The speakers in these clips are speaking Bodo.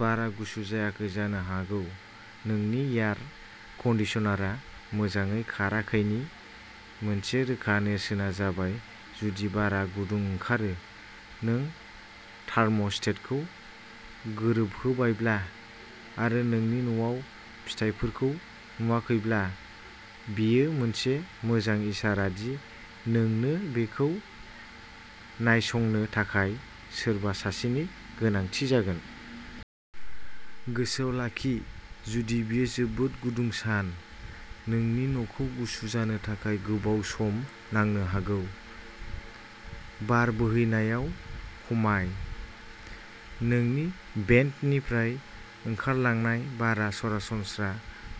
बारआ गुसु जायाखै जानो हागौ नोंनि एयार कन्डिशनारआ मोजाङै खाराखैनि मोनसे रोखा नेरसोनआ जाबाय जुदि बारआ गुदुं ओंखारो। नों थार्म'स्टेटखौ गोरोबहोबायब्ला आरो नोंनि न'आव फिथायफोरखौ नुवाखैब्ला बेयो मोनसे मोजां इसारा दि नोंनो बेखौ नायसंनो थाखाय सोरबा सासेनि गोनांथि जागोन। गोसोआव लाखि जुदि बेयो जोबोद गुदुं सान नोंनि न'खौ गुसु जानो थाखाय गोबाव सम नांनो हागौ। बार बोहैनायाव खमाय। नोंनि भेन्टनिफ्राय ओंखारलांनाय बारआ सरासनस्रा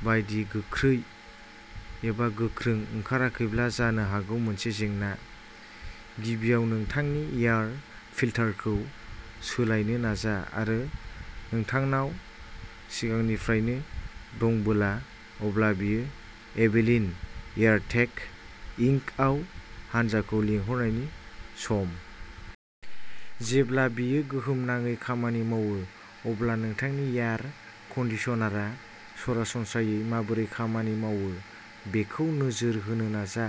बायदि गोख्रै एबा गोख्रों ओंखाराखैब्ला जानो हागौ मोनसे जेंना। गिबियाव नोंथांनि एयार फिल्टारखौ सोलायनो नाजा आरो नोंथांनाव सिगांनिफ्रायनो दंबोला अब्ला बेयो एबिलीन एयार टेक इंकआव हान्जाखौ लिंहरनायनि सम। जेब्ला बेयो गोहोम गोनाङै खामानि मावो अब्ला नोंथांनि एयार कंडिशनारआ सरासनस्रायै माबोरै खामानि मावो बेखौ नोजोर होनो नाजा।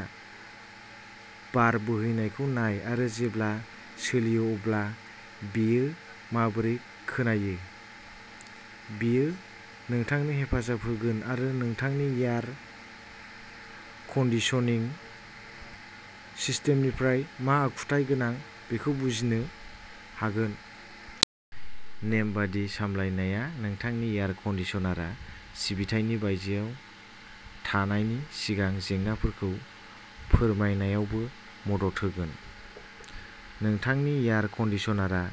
बार बोहैनायखौ नाय आरो जेब्ला सोलियो अब्ला बेयो माबोरै खोनायो। बेयो नोंथांनो हेफाजाब होगोन आरो नोंथांनि एयार कन्डिशनिं सिस्टेमनिफ्राय मा आखुथाय गोनां बेखौ बुजिनो हागोन। नेमबादि सामलायनाया नोंथांनि एयार कन्डिशनारआ सिबिथायनि बायजोआव थानायनि सिगां जेंनाफोरखौ फोरमायनायावबो मदद होगोन। नोंथांनि एयार कन्डिशनारआ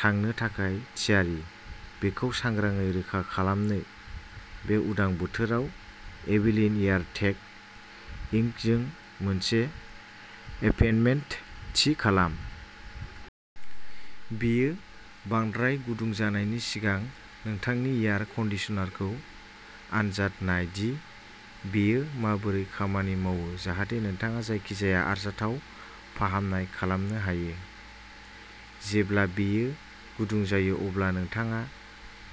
थांनो थाखाय थियारि बेखौ सांग्रांयै रोखा खालामनो बे उदां बोथोराव एबिलीन एयार टेक इंकजों मोनसे एपइन्टमेन्ट थि खालाम। बेयो बांद्राय गुदुं जानायनि सिगां नोंथांनि एयार कन्डिशनारखौ आनजाद नाय दि बेयो माबोरै खामानि मावो जाहाथे नोंथाङा जायखिजाया आरजाथाव फाहामनाय खालामनो हायो। जेब्ला बेयो गुदुं जायो अब्ला नोंथाङा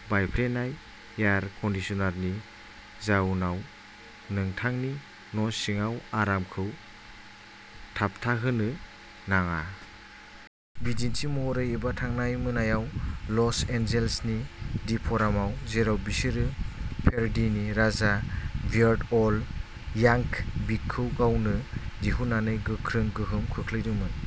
बायफ्लेनाय एयार कन्डिशनारनि जाउनाव नोंथांनि न' सिङाव आरामखौ थाबथाहोनो नाङा। बिदिन्थि महरै एबा थांनाय मोनायाव लस एन्जेल्सनि दि फ'रामाव जेराव बिसोरो पेर'डीनि राजा "वियार्ड अल" यांक'भिकखौ गावनो दिहुननानै गोख्रों गोहोम खोख्लैदोंमोन।